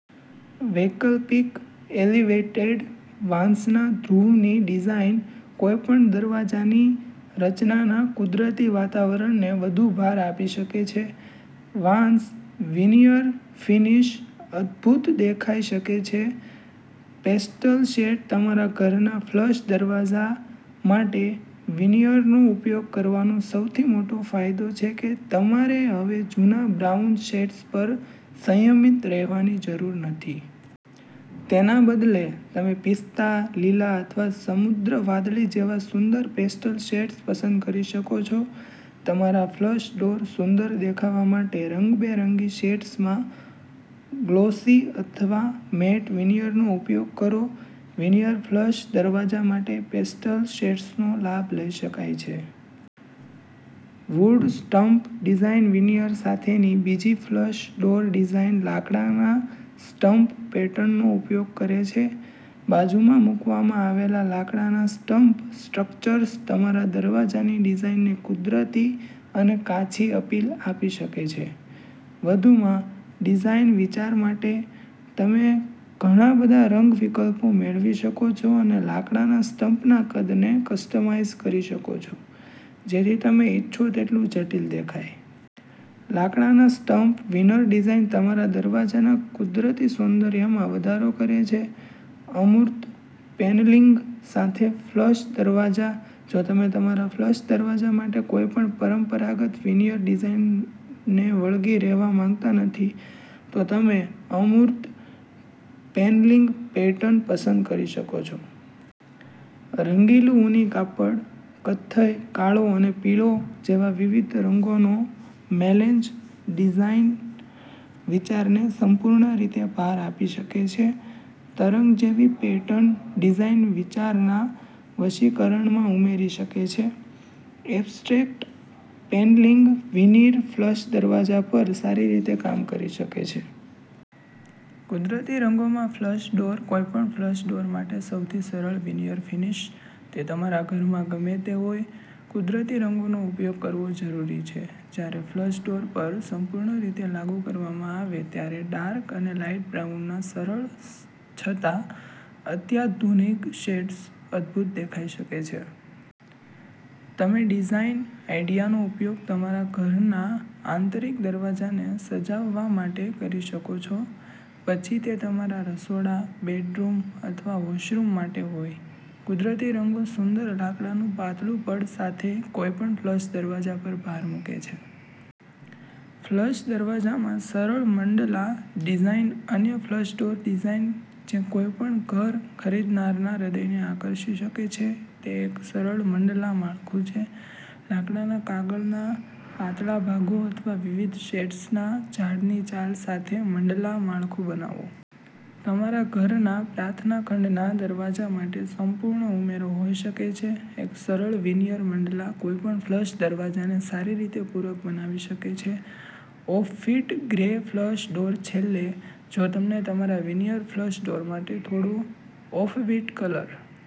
વૈકલ્પિક એલિવેટેડ વાંસના ધ્રુવની ડિઝાઇન કોઈપણ દરવાજાની રચનાના કુદરતી વાતાવરણને વધુ ભાર આપી શકે છે. વાંસ વીનીયર ફિનિશ અદ્ભુત દેખાઈ શકે છે. પેસ્ટલ શેડ તમારા ઘરના ફ્લશ દરવાજા માટે વિનિયરનો ઉપયોગ કરવાનો સૌથી મોટો ફાયદો છે કે તમારે હવે જૂના બ્રાઉન શેડ્સ પર સંયમિત રહેવાની જરૂર નથી. તેના બદલે, તમે પિસ્તા લીલા અથવા સમુદ્ર વાદળી જેવા સુંદર પેસ્ટલ શેડ્સ પસંદ કરી શકો છો. તમારા ફ્લશ ડોર સુંદર દેખાવા માટે રંગબેરંગી શેડ્સમાં ગ્લોસી અથવા મેટ વિનિયરનો ઉપયોગ કરો. વિનિયર ફ્લશ દરવાજા માટે પેસ્ટલ શેડ્સનો લાભ લઈ શકાય છે. વુડ સ્ટમ્પ ડિઝાઇન વિનિયર સાથેની બીજી ફ્લશ ડોર ડિઝાઇન લાકડાના સ્ટમ્પ પેટર્નનો ઉપયોગ કરે છે. બાજુમાં મૂકવામાં આવેલા લાકડાના સ્ટમ્પ સ્ટ્રક્ચર્સ તમારા દરવાજાની ડિઝાઇનને કુદરતી અને કાચી અપીલ આપી શકે છે. વધુમાં, ડિઝાઇન વિચાર માટે, તમે ઘણા બધા રંગ વિકલ્પો મેળવી શકો છો અને લાકડાના સ્ટમ્પના કદને કસ્ટમાઇઝ કરી શકો છો, જેથી તમે ઇચ્છો તેટલું જટિલ દેખાય. લાકડાના સ્ટમ્પ વિનર ડિઝાઇન તમારા દરવાજાના કુદરતી સૌંદર્યમાં વધારો કરે છે. અમૂર્ત પેનલિંગ સાથે ફ્લશ દરવાજા. જો તમે તમારા ફ્લશ દરવાજા માટે કોઈપણ પરંપરાગત વિનિયર ડિઝાઇનને વળગી રહેવા માંગતા નથી, તો તમે અમૂર્ત પેનલિંગ પેટર્ન પસંદ કરી શકો છો. રંગેલું ઊની કાપડ, કથ્થઈ, કાળો અને પીળો જેવા વિવિધ રંગોનો મેલેન્જ ડિઝાઇન વિચારને સંપૂર્ણ રીતે ભાર આપી શકે છે. તરંગ જેવી પેટર્ન ડિઝાઇન વિચારના વશીકરણમાં ઉમેરી શકે છે. એબ્સ્ટ્રેક્ટ પેનલિંગ વિનીર ફ્લશ દરવાજા પર સારી રીતે કામ કરી શકે છે. કુદરતી રંગોમાં ફ્લશ ડોર કોઈપણ ફ્લશ ડોર માટે સૌથી સરળ વિનિયર ફિનિશ, તે તમારા ઘરમાં ગમે તે હોય, કુદરતી રંગોનો ઉપયોગ કરવો જરૂરી છે. જ્યારે ફ્લશ ડોર પર સંપૂર્ણ રીતે લાગુ કરવામાં આવે ત્યારે ડાર્ક અને લાઇટ બ્રાઉનના સરળ છતાં અત્યાધુનિક શેડ્સ અદ્ભુત દેખાઈ શકે છે. તમે ડિઝાઇન આઇડિયાનો ઉપયોગ તમારા ઘરના આંતરિક દરવાજાને સજાવવા માટે કરી શકો છો, પછી તે તમારા રસોડા, બેડરૂમ અથવા વૉશરૂમ માટે હોય. કુદરતી રંગો સુંદર લાકડાનું પાતળું પડ સાથે કોઈપણ ફ્લશ દરવાજા પર ભાર મૂકે છે. ફ્લશ દરવાજામાં સરળ મંડલા ડિઝાઇન અન્ય ફ્લશ ડોર ડિઝાઇન જે કોઈપણ ઘર ખરીદનારના હૃદયને આકર્ષી શકે છે તે એક સરળ મંડલા માળખું છે. લાકડાના કાગળના પાતળા ભાગો અથવા વિવિધ શેડ્સના ઝાડની છાલ સાથે મંડલા માળખું બનાવો. તમારા ઘરના પ્રાર્થના ખંડના દરવાજા માટે સંપૂર્ણ ઉમેરો હોઈ શકે છે. એક સરળ વિનિયર મંડલા કોઈપણ ફ્લશ દરવાજાને સારી રીતે પૂરક બનાવી શકે છે ઓફબીટ ગ્રે ફ્લશ ડોર છેલ્લે, જો તમને તમારા વિનિયર ફ્લશ ડોર માટે થોડો ઓફબીટ કલર